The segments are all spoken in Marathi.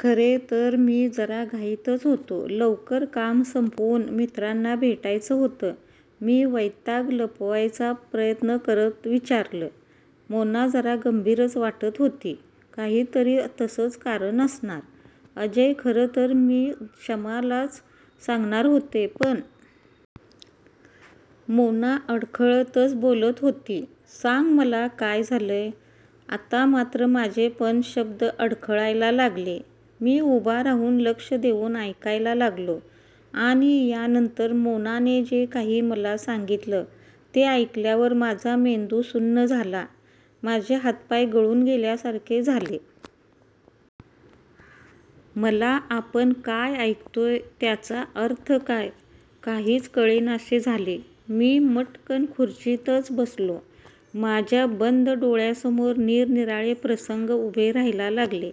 खरेतर मी जरा घाईतच होतो. लवकर काम संपवून मित्रांना भेटायचं होतं. मी वैताग लपवायचा प्रयत्न करत विचारलं. मोना जरा गंभीरच वाटत होती. काहीतरी तसंच कारण असणार. अजय, खरंतर मी शमा लाच सांगणार होते, पण. मोना अडखळतच बोलत होती. सांग मला, काय झालंय? आता मात्र माझे पण शब्द अडखळायला लागले. मी उभा राहून लक्ष देऊन ऐकायला लागलो. आणि यानंतर मोना ने जे काही मला सांगितलं ते ऐकल्यावर माझा मेंदू सुन्न झाला, माझे हातपाय गळून गेल्यासारखे झाले. मला आपण काय ऐकतोय त्याचा अर्थ काय, काहीच कळेनासे झाले. मी मटकन खुर्चीतच बसलो. माझ्या बंद डोळ्यांसमोर निरनिराळे प्रसंग उभे राहायला लागले.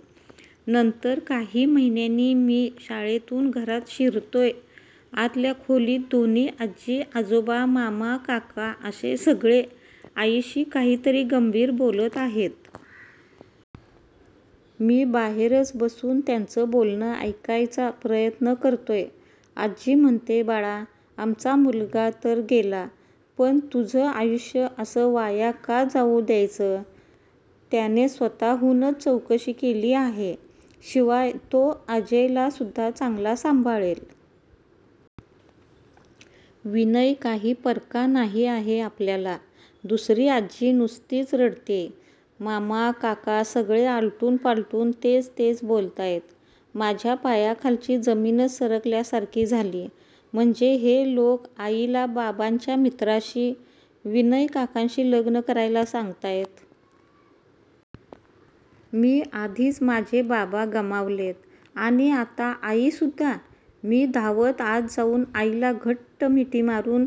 नंतर काही महिन्यांनी मी शाळेतून घरात शिरतोय आतल्या खोलीत दोन्ही आजी आजोबा, मामा, काका असे सगळे आईशी काहीतरी गंभीर बोलत आहेत. मी बाहेरच बसून त्यांचं बोलणं ऐकायचा प्रयत्न करतोय. आजी म्हणतेय बाळा, आमचा मुलगा तर गेला, पण तुझं आयुष्य असं वाया का जाऊ द्यायचं? त्याने स्वतःहूनच चौकशी केली आहे, शिवाय तो अजय ला सुद्धा चांगला सांभाळेल. विनय काही परका नाही आहे आपल्याला. दुसरी आजी नुसतीच रडतेय. मामा, काका सगळे आलटून पालटून तेच तेच बोलतायत. माझ्या पायाखालची जमीनच सरकल्या सारखी झाली. म्हणजे हे लोक आईला बाबांच्या मित्राशी, विनय काकांशी लग्न करायला सांगतायत? मी आधीच माझे बाबा गमावलेत आणि आता आई सुद्धा? मी धावत आत जाऊन आईला घट्ट मिठी मारून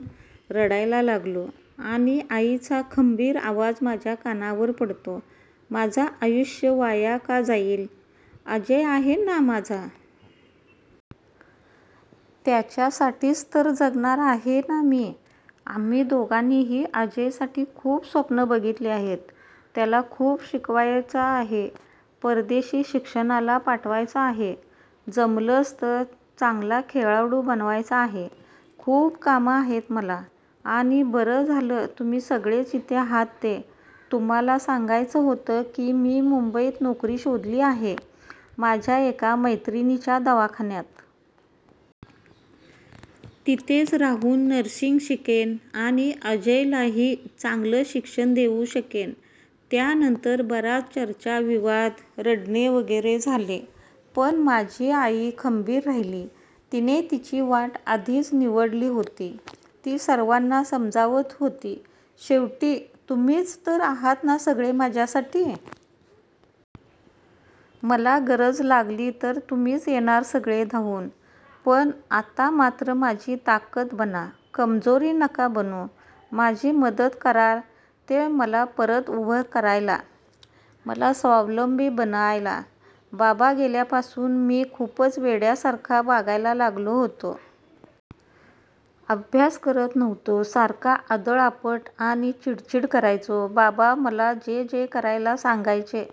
रडायला लागतो. आणि आईचा खंबीर आवाज माझ्या कानावर पडतो. माझा आयुष्य वाया का जाईल? अजय आहे ना माझा? त्याच्यासाठीच तर जगणार आहे ना मी? आम्ही दोघांनीही अजय साठी खूप स्वप्नं बघितली आहेत. त्याला खूप शिकवायचा आहे, परदेशी शिक्षणाला पाठवायचा आहे, जमलंच तर चांगला खेळाडू बनवायचा आहे. खूप कामं आहेत मला. आणि बरं झालं तुम्ही सगळेच इथे आहात ते, तुम्हाला सांगायचं होतं कि मी मुंबईत नोकरी शोधली आहे, माझ्या एका मैत्रिणीच्या दवाखान्यात. तिथेच राहून नर्सिंग शिकेन आणि अजय लाही चांगलं शिक्षण देऊ शकेन. त्यानंतर बराच चर्चा-विवाद, रडणे वगैरे झाले. पण माझी आई खंबीर राहिली, तिने तिची वाट आधीच निवडली होती. ती सर्वांना समजावत होती शेवटी तुम्हीच तर आहात ना सगळे माझ्यासाठी? मला गरज लागली तर तुम्हीच येणार सगळे धावून. पण आता मात्र माझी ताकत बना, कमजोरी नका बनू. माझी मदत करा ते मला परत उभं करायला, मला स्वावलंबी बनायला. बाबा गेल्यापासून मी खूपच वेड्यासारखा वागायला लागलो होतो. अभ्यास करत नव्हतो. सारखा आदळआपट आणि चिडचिड करायचो. बाबा मला जे जे करायला सांगायचे